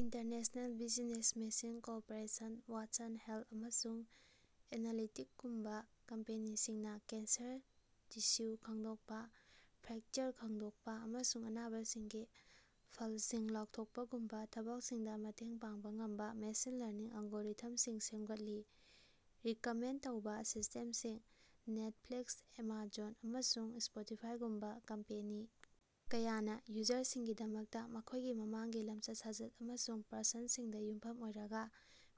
International business machine corporation Watson health ꯑꯃꯁꯨꯡ ꯑꯦꯅꯂꯤꯇꯤꯛꯒꯨꯝꯕ ꯀꯝꯄꯦꯅꯤꯁꯤꯡꯅꯥ cancer tissue ꯈꯪꯗꯣꯛꯄꯥ, ꯐ꯭ꯔꯦꯀꯆꯔ ꯈꯪꯗꯣꯛꯄꯥ ꯑꯃꯁꯨꯡ ꯑꯅꯥꯕꯁꯤꯡꯒꯤ ꯐꯜꯁꯤꯡ ꯂꯥꯎꯊꯣꯛꯄꯒꯨꯝꯕꯥ ꯊꯕꯛꯁꯤꯡꯗꯥ ꯃꯇꯦꯡ ꯄꯥꯡꯕ ꯉꯝꯕ ꯃꯦꯁꯤꯟ ꯂꯔꯅꯤꯡ ꯑꯦꯂꯒꯣꯔꯤꯊꯝꯁꯤꯡ ꯁꯦꯝꯒꯠꯂꯤ꯫ꯔꯤꯀꯃꯦꯟꯠ ꯇꯧꯕ ꯁꯤꯁ꯭ꯇꯦꯝꯁꯤꯡ ꯅꯦꯠꯐ꯭ꯂꯤꯛꯁ, ꯑꯦꯃꯥꯖꯣꯟ, ꯑꯃꯁꯨꯡ ꯁ꯭ꯄꯣꯇꯤꯐꯥꯏꯒꯨꯝꯕ ꯀꯝꯄꯦꯅꯤ ꯀꯌꯥꯅꯥ ꯌꯨꯖꯔꯁꯤꯡꯒꯤꯗꯃꯛꯇꯥ ꯃꯈꯣꯏꯒꯤ ꯃꯃꯥꯡꯒꯤ ꯂꯝꯆꯠ-ꯁꯥꯖꯠ ꯑꯃꯁꯨꯡ ꯄ꯭ꯔꯁꯟꯁꯤꯡꯗꯥ ꯌꯨꯝꯐꯝ ꯑꯣꯏꯔꯒꯥ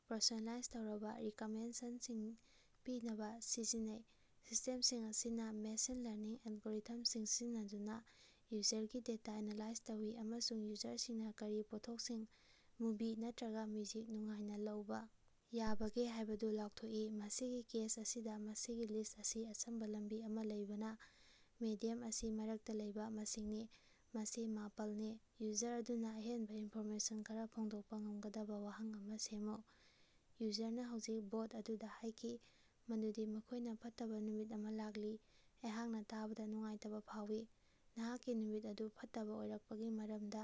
ꯄꯔꯁꯣꯅꯦꯂꯥꯏꯖ ꯇꯧꯔꯕꯥ ꯔꯤꯀꯃꯦꯟꯗꯦꯁꯟꯁꯤꯡ ꯄꯤꯅꯕꯥ ꯁꯤꯖꯤꯟꯅꯩ꯫ ꯁꯤꯁ꯭ꯇꯦꯝꯁꯤꯡ ꯑꯁꯤꯅꯥ ꯃꯦꯁꯤꯟ ꯂꯔꯅꯤꯡ ꯑꯦꯂꯒꯣꯔꯤꯊꯝꯁꯤꯡ ꯁꯤꯖꯤꯟꯅꯗꯨꯅꯥ ꯌꯨꯖꯔꯒꯤ ꯗꯦꯇꯥ ꯑꯦꯅꯥꯂꯥꯏꯖ ꯇꯧꯏ ꯑꯃꯁꯨꯡ ꯌꯨꯖꯔꯁꯤꯡꯅꯥ ꯀꯔꯤ ꯄꯣꯠꯊꯣꯛꯁꯤꯡ, ꯃꯨꯚꯤ ꯅꯠꯇ꯭ꯔꯒꯥ ꯃ꯭ꯌꯨꯖꯤꯛ ꯅꯨꯡꯉꯥꯏꯅ ꯂꯧꯕ ꯌꯥꯕꯒꯦ ꯍꯥꯏꯕꯗꯨ ꯂꯥꯎꯊꯣꯛꯏ꯫ ꯃꯁꯤꯒꯤ ꯀꯦꯁ ꯑꯁꯤꯗꯥ, ꯃꯁꯤꯡꯒꯤ ꯂꯤꯁ꯭ꯠ ꯑꯁꯤ ꯑꯆꯝꯕꯥ ꯂꯝꯕꯤ ꯑꯃꯥ ꯂꯩꯕꯅꯥ, ꯃꯦꯗꯤꯌꯝ ꯑꯁꯤ ꯃꯔꯛꯇꯥ ꯂꯩꯕ ꯃꯁꯤꯡꯅꯤ, ꯃꯁꯤ ꯃꯄꯥꯜꯅꯤ꯫ꯌꯨꯖꯔ ꯑꯗꯨꯅꯥ ꯑꯍꯦꯟꯕꯥ ꯏꯟꯐꯣꯔꯃꯦꯁꯟ ꯈꯔꯥ ꯐꯣꯡꯗꯣꯛꯄꯥ ꯉꯝꯒꯗꯕꯥ ꯋꯥꯍꯪ ꯑꯃꯥ ꯁꯦꯝꯃꯨ꯫ ꯌꯨꯖꯔꯅꯥ ꯍꯧꯖꯤꯛ ꯕꯣꯠ ꯑꯗꯨꯗꯥ ꯍꯥꯏꯈꯤ ꯃꯗꯨꯗꯤ ꯃꯈꯣꯏꯅꯥ ꯐꯠꯇꯕꯥ ꯅꯨꯃꯤꯠ ꯑꯃꯥ ꯂꯥꯛꯂꯤ꯫ ꯑꯩꯍꯥꯛꯅꯥ ꯇꯥꯕꯗꯥ ꯅꯨꯡꯉꯥꯏꯇꯕꯥ ꯐꯥꯎꯏ, ꯅꯍꯥꯛꯀꯤ ꯅꯨꯃꯤꯠ ꯑꯗꯨ ꯐꯠꯇꯕꯥ ꯑꯣꯏꯔꯛꯄꯒꯤ ꯃꯔꯝꯗꯥ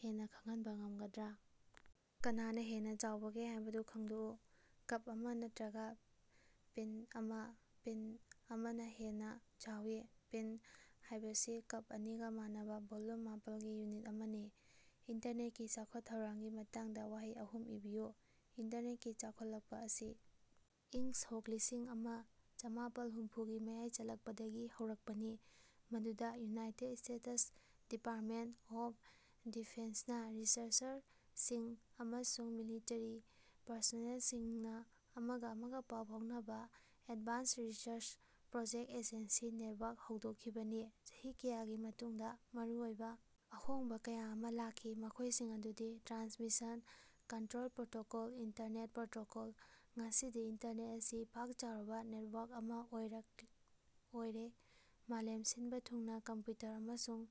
ꯍꯦꯟꯅꯥ ꯈꯪꯍꯟꯕꯥ ꯉꯝꯒꯗ꯭ꯔꯥ? ꯀꯅꯥꯅꯥ ꯍꯦꯟꯅꯥ ꯆꯥꯎꯕꯒꯦ ꯍꯥꯏꯕꯗꯨ ꯈꯪꯗꯣꯛꯎ꯫ ꯀꯞ ꯑꯃꯥ ꯅꯠꯇ꯭ꯔꯒꯥ ꯄꯤꯟꯇ ꯑꯃꯥ? ꯄꯤꯟꯇ ꯑꯃꯅꯥ ꯍꯦꯟꯅꯥ ꯆꯥꯎꯏ꯫ ꯄꯤꯟꯇ ꯍꯥꯏꯕꯁꯤ ꯀꯞ ꯑꯅꯤꯒꯥ ꯃꯥꯟꯅꯕꯥ ꯚꯣꯜꯌꯨꯝ ꯃꯥꯄꯜꯒꯤ ꯌꯨꯅꯤꯠ ꯑꯃꯅꯤ꯫ ꯏꯟꯇꯔꯅꯦꯠꯀꯤ ꯆꯥꯎꯈꯠ ꯊꯧꯔꯥꯡꯒꯤ ꯃꯇꯥꯡꯗꯥ ꯋꯥꯍꯩ ꯑꯍꯨꯝ ꯏꯕꯤꯌꯨ꯫ ꯏꯟꯇꯔꯅꯦꯠꯀꯤ ꯆꯥꯎꯈꯠꯂꯛꯄꯥ ꯑꯁꯤ ꯏꯪ ꯁꯣꯛ ꯂꯤꯁꯤꯡ ꯑꯃꯥ ꯆꯥꯃꯄꯥꯜ ꯍꯨꯝꯐꯨꯒꯤ ꯃꯌꯥꯏ ꯆꯜꯂꯛꯄꯗꯒꯤ ꯍꯧꯔꯛꯄꯅꯤ, ꯃꯗꯨꯗꯥ ꯌꯨꯅꯥꯏꯇꯦꯗ ꯁ꯭ꯇꯦꯇꯁ ꯗꯤꯄꯥꯔꯇꯃꯦꯟꯠ ꯑꯣꯐ ꯗꯤꯐꯦꯟꯁꯅꯥ ꯔꯤꯁꯔꯆꯔꯁꯤꯡ ꯑꯃꯁꯨꯡ ꯃꯤꯂꯤꯇꯔꯤ ꯄꯔꯁꯣꯅꯦꯜꯁꯤꯡꯅꯥ ꯑꯃꯒꯥ ꯑꯃꯒꯥ ꯄꯥꯎ ꯐꯥꯎꯅꯕꯥ Advanced Research Project Agency Network ꯍꯧꯗꯣꯛꯈꯤꯕꯅꯤ꯫ ꯆꯍꯤ ꯀꯌꯥꯒꯤ ꯃꯇꯨꯡꯗꯥ ꯃꯔꯨꯑꯣꯏꯕ ꯑꯍꯣꯡꯕꯥ ꯀꯌꯥ ꯑꯃꯥ ꯂꯥꯛꯈꯤ, ꯃꯈꯣꯏꯁꯤꯡ ꯑꯗꯨꯗꯤ Transmission Control Protocol Internet Protocol. ꯉꯁꯤꯗꯤ ꯏꯟꯇꯔꯅꯦꯠ ꯑꯁꯤ ꯄꯥꯛ ꯆꯥꯎꯔꯕꯥ ꯅꯦꯇꯋꯥꯔꯛ ꯑꯃꯥ ꯑꯣꯏꯔꯛ ꯑꯣꯏꯔꯦ, ꯃꯥꯂꯦꯝ ꯁꯤꯟꯕꯥ ꯊꯨꯡꯅꯥ ꯀꯝꯞꯌꯨꯇꯔ ꯑꯃꯁꯨꯡ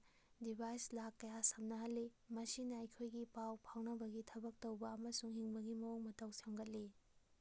ꯗꯤꯚꯥꯏꯁ ꯂꯥꯛ ꯀꯌꯥ ꯁꯝꯅꯍꯜꯂꯤ, ꯃꯁꯤꯅꯥ ꯑꯩꯈꯣꯌꯒꯤ ꯄꯥꯎ ꯐꯥꯎꯅꯕꯒꯤ, ꯊꯕꯛ ꯇꯧꯕ ꯑꯃꯁꯨꯡ ꯍꯤꯡꯕꯒꯤ ꯃꯑꯣꯡ ꯃꯇꯧ ꯁꯦꯝꯒꯠꯂꯤ꯫